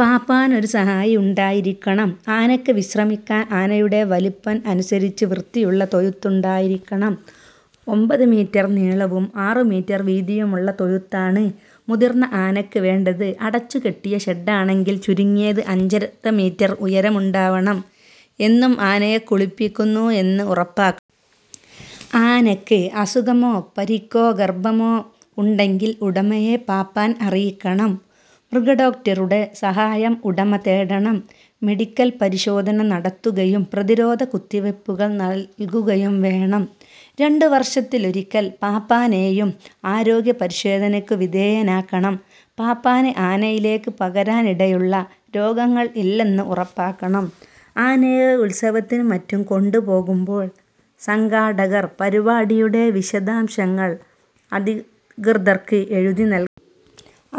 പാപ്പാന് ഒരു സഹായി ഉണ്ടായിരിക്കണം. ആനയ്ക്ക് വിശ്രമിക്കാൻ ആനയുടെ വലിപ്പം അനുസരിച്ച് വൃത്തിയുള്ള തൊഴുത്ത് ഉണ്ടായിരിക്കണം. ഒമ്പതു മീറ്റർ നീളവും ആറു മീറ്റർ വീതിയുമുള്ള തൊഴുത്താണ് മുതിർന്ന ആനയ്ക്ക് വേണ്ടത്. അടച്ചുകെട്ടിയ ഷെഡ്ഡാണെങ്കിൽ ചുരുങ്ങിയത് അഞ്ചര മീറ്റർ ഉയരം ഉണ്ടാവണം. എന്നും ആനയെ കുളിപ്പിക്കുന്നു എന്ന് ഉറപ്പാക്കണം. ആനയ്ക്ക് അസുഖമോ പരിക്കോ ഗർഭമോ ഉണ്ടെങ്കിൽ ഉടമയെ പാപ്പാൻ അറിക്കണം. മൃഗഡോക്ടറുടെ സഹായം ഉടമ തേടണം. മെഡിക്കൽ പരിശോധന നടത്തുകയും പ്രതിരോധ കുത്തിവയ്പുകൾ നൽകുകയും വേണം. രണ്ടുവർഷത്തിലൊരിക്കൽ പാപ്പാനെയും ആരോഗ്യ പരിശോധനയ്ക്കു വിധേയനാക്കണം. പാപ്പാന് ആനയിലേക്ക് പകരാനിടയുള്ള രോഗങ്ങൾ ഇല്ലെന്ന് ഉറപ്പാക്കണം. ആനയെ ഉത്സവത്തിനും മറ്റും കൊണ്ടുപോകുമ്പോൾ സംഘാടകർ പരിപാടിയുടെ വിശദാംശങ്ങൾ അധികൃതർക്ക് എഴുതിനൽകണം.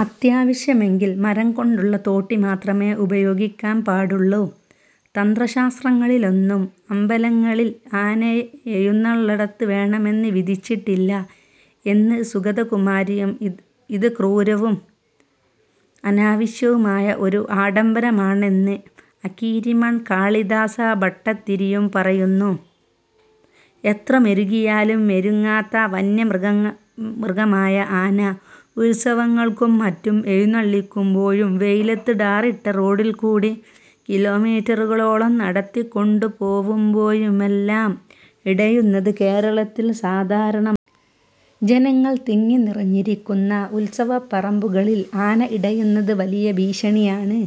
അത്യാവശ്യമെങ്കിൽ മരം കൊണ്ടുള്ള തോട്ടി മാത്രമേ ഉപയോഗിക്കാൻ പാടുള്ളൂ. തന്ത്രശാസ്ത്രങ്ങളിലൊന്നും അമ്പലങ്ങളിൽ ആനയെഴുന്നള്ളത്ത് വേണമെന്ന് വിധിച്ചിട്ടില്ല എന്നു സുഗതകുമാരിയും ഇത് ക്രൂരവും അനാവശ്യമായ ഒരു ആഡംബരമാണെന്ന് അക്കീരിമൺ കാളിദാസ ഭട്ടത്തിരിയും പറയുന്നു. എത്ര മെരുക്കിയാലും മെരുങ്ങാത്ത വന്യമൃഗമായ ആന ഉൽസവങ്ങൾക്കും മറ്റും എഴുന്നള്ളിക്കുമ്പോഴും വെയിലത്ത് ടാറിട്ട റോഡിൽക്കൂടി കിലോമീറ്ററുകളോളം നടത്തിക്കൊണ്ടുപോവുമ്പോഴുമെല്ലാം ഇടയുന്നത് കേരളത്തിൽ സാധാരണമാണ്. ജനങ്ങൾ തിങ്ങിനിറഞ്ഞിരിക്കുന്ന ഉൽസവപ്പറമ്പുകളിൽ ആന ഇടയുന്നത് വലിയ ഭീഷണിയാണ്.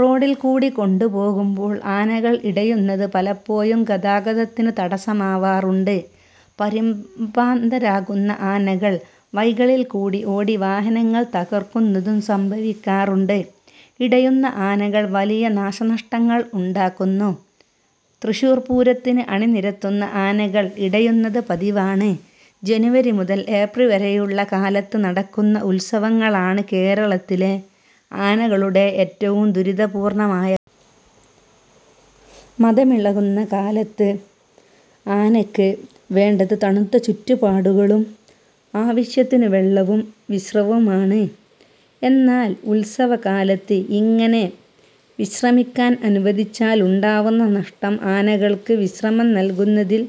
റോഡിൽക്കൂടി കൊണ്ടുപോകുമ്പോൾ ആനകൾ ഇടയുന്നത് പലപ്പോഴും ഗതാഗതത്തിന് തടസ്സമാവാറുണ്ട്. പരിഭ്രാന്തരാവുന്ന ആനകൾ വഴികളിൽക്കൂടി ഓടി വാഹനങ്ങൾ തകർക്കുന്നതും സംഭവിക്കാറുണ്ട്. ഇടയുന്ന ആനകൾ വലിയ നാശനഷ്ടങ്ങളും ഉണ്ടാക്കുന്നു. തൃശൂർ പൂരത്തിന് അണിനിരത്തുന്ന ആനകൾ ഇടയുന്നത് പതിവാണ്. ജനുവരി മുതൻ ഏപ്രിൽ വരെയുള്ള കാലത്ത് നടക്കുന്ന ഉൽസവങ്ങളാണ് കേരളത്തിലെ ആനകളുടെ ഏറ്റവും ദുരിതപൂർണ്ണമായ കാലം. മദമിളകുന്ന കാലത്ത് ആനയ്ക്ക് വേണ്ടത് തണുത്ത ചുറ്റുപാടുകളും ആവശ്യത്തിനു വെള്ളവും വിശ്രമവുമാണ്, എന്നാൽ ഉൽസവകാലത്ത് ഇങ്ങനെ വിശ്രമിക്കാൻ അനുവദിച്ചാൽ ഉണ്ടാവുന്ന നഷ്ടം ആനകൾക്ക് വിശ്രമം നൽകുന്നതിൽ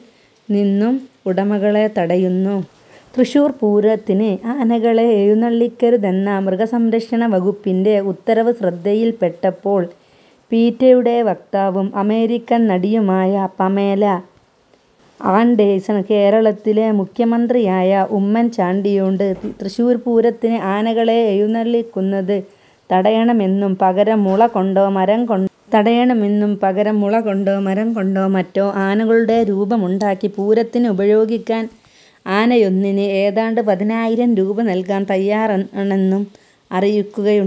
നിന്നും ഉടമകളെ തടയുന്നു. തൃശൂർപൂരത്തിന് ആനകളെ എഴുന്നള്ളിക്കരുതെന്ന മൃഗസംരക്ഷണ വകുപ്പിന്റെ ഉത്തരവ് ശ്രദ്ധയിൽപ്പെട്ടപ്പോൾ പീറ്റയുടെ വക്താവും അമേരിക്കൻ നടിയുമായ പമേല ആൻഡേഴ്സൺ കേരളത്തിലെ മുഖ്യമന്ത്രിയായ ഉമ്മൻ ചാണ്ടിയോട് തൃശൂർ പൂരത്തിന് ആനകളെ എഴുന്നള്ളിക്കുന്നത് തടയണമെന്നും പകരം മുളകൊണ്ടോ മരംകൊണ്ടോ മറ്റോ ആനകളുടെ രൂപം ഉണ്ടാക്കി പൂരത്തിന് ഉപയോഗിക്കാൻ ആനയൊന്നിന് ഏതാണ്ട് പതിനായിരം രൂപ നൽകാൻ തയ്യാറാണെന്നും അറിയിക്കുകയുണ്ടായി.